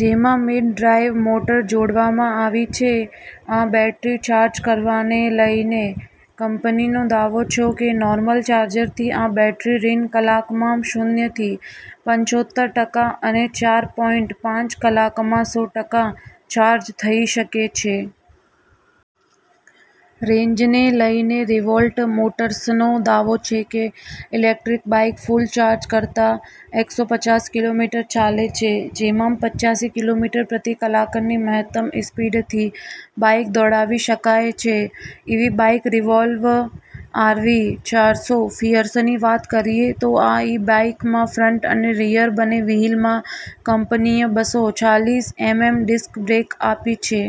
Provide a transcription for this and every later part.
જેમાં mid drive motor જોડવામાં આવી છે. આ બેટરી ચાર્જ કરવાને લઇને કંપનીનો દાવો છે કે નોર્મલ ચાર્જરથી આ બેટરી ત્રણ કલાકમાં શૂન્ય થી પંચોતેર ટકા અને ચાર પોઈંટ પાંચ કલાકમાં સો ટકા ચાર્જ થઇ શકે છે. રેન્જને લઇને રિવોલ્ટ મોટર્સનો દાવો છે કે, ઇલેકટ્રિક બાઇક ફૂલ ચાર્જ કરતાં એકસો પચાસ કિલોમીટર ચાલે છે. જેમાં પંચાસી કિલોમીટર પ્રતિ કલાકની મહત્તમ સ્પીડથી બાઇક દોડાવી શકાય છે. ઇવી બાઇક રિવોલ્ટ આરવી ચારસો ફિચર્સની વાત કરીએ તો આ ઇ બાઇકમાં ફ્રંટ અને રિયર બંને વ્હિલમાં કંપનીએ બસો ચાલીસ એમએમ ડિસ્ક બ્રેક આપી છે.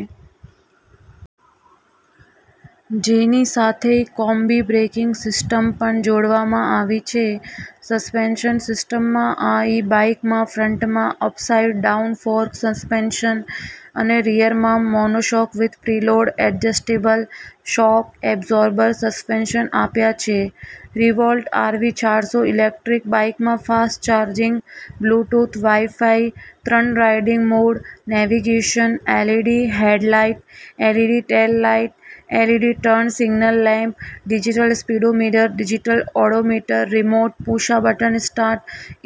જેની સાથે કોમ્બી બ્રેકિંગ સિસ્ટમ પણ જોડવામાં આવી છે. સસ્પેન્શન સિસ્ટમમાં આ ઇ બાઇકમાં ફ્રંટમાં અપસાઇટ ડાઉન ફોર્ક સસ્પેન્શન અને રિયરમાં monoshock with preload adjustable shock absorber suspension આપ્યા છે. રિવોલ્ટ આરવી ચારસો ઇલેક્ટ્રિક બાઇકમાં ફાસ્ટ ચાર્જિંગ, બ્લૂટૂથ, વાઇફાઇ, ત્રણ riding mode, navigation, LED head light, LED tail light, LED turn signal lamp, digital speedometer, digital odometer, remote, push button start,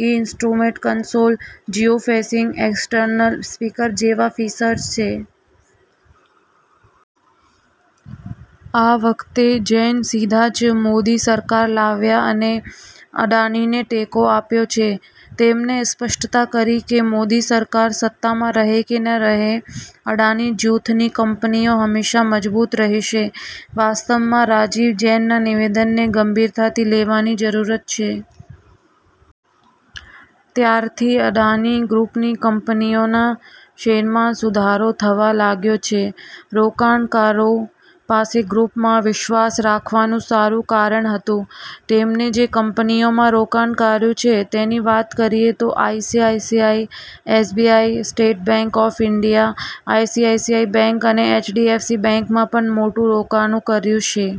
instrument console, Jio fencing, external speaker જેવા features છે. આ વખતે જૈન સીધા જ મોદી સરકાર લાવ્યા અને અદાણીને ટેકો આપ્યો છે. તેમણે સ્પષ્ટતા કરી કે, મોદી સરકાર સત્તામાં રહે કે ન રહે, અદાણી જૂથની કંપનીઓ હંમેશા મજબૂત રહેશે. વાસ્તવમાં રાજીવ જૈનના નિવેદનને ગંભીરતાથી લેવાની જરૂર છે. ત્યારથી અદાણી ગ્રુપની કંપનીઓના શેરમાં સુધારો થવા લાગ્યો છે. રોકાણકારો પાસે ગ્રુપમાં વિશ્વાસ રાખવાનું સારું કારણ હતું. તેમણે જે કંપનીઓમાં રોકાણ કર્યું છે તેની વાત કરીએ તો ICICI, S B I, State Bank of India, ICICI Bank અને એચડીએફસી બેંકમાં પણ મોટું રોકાણ કર્યું છે.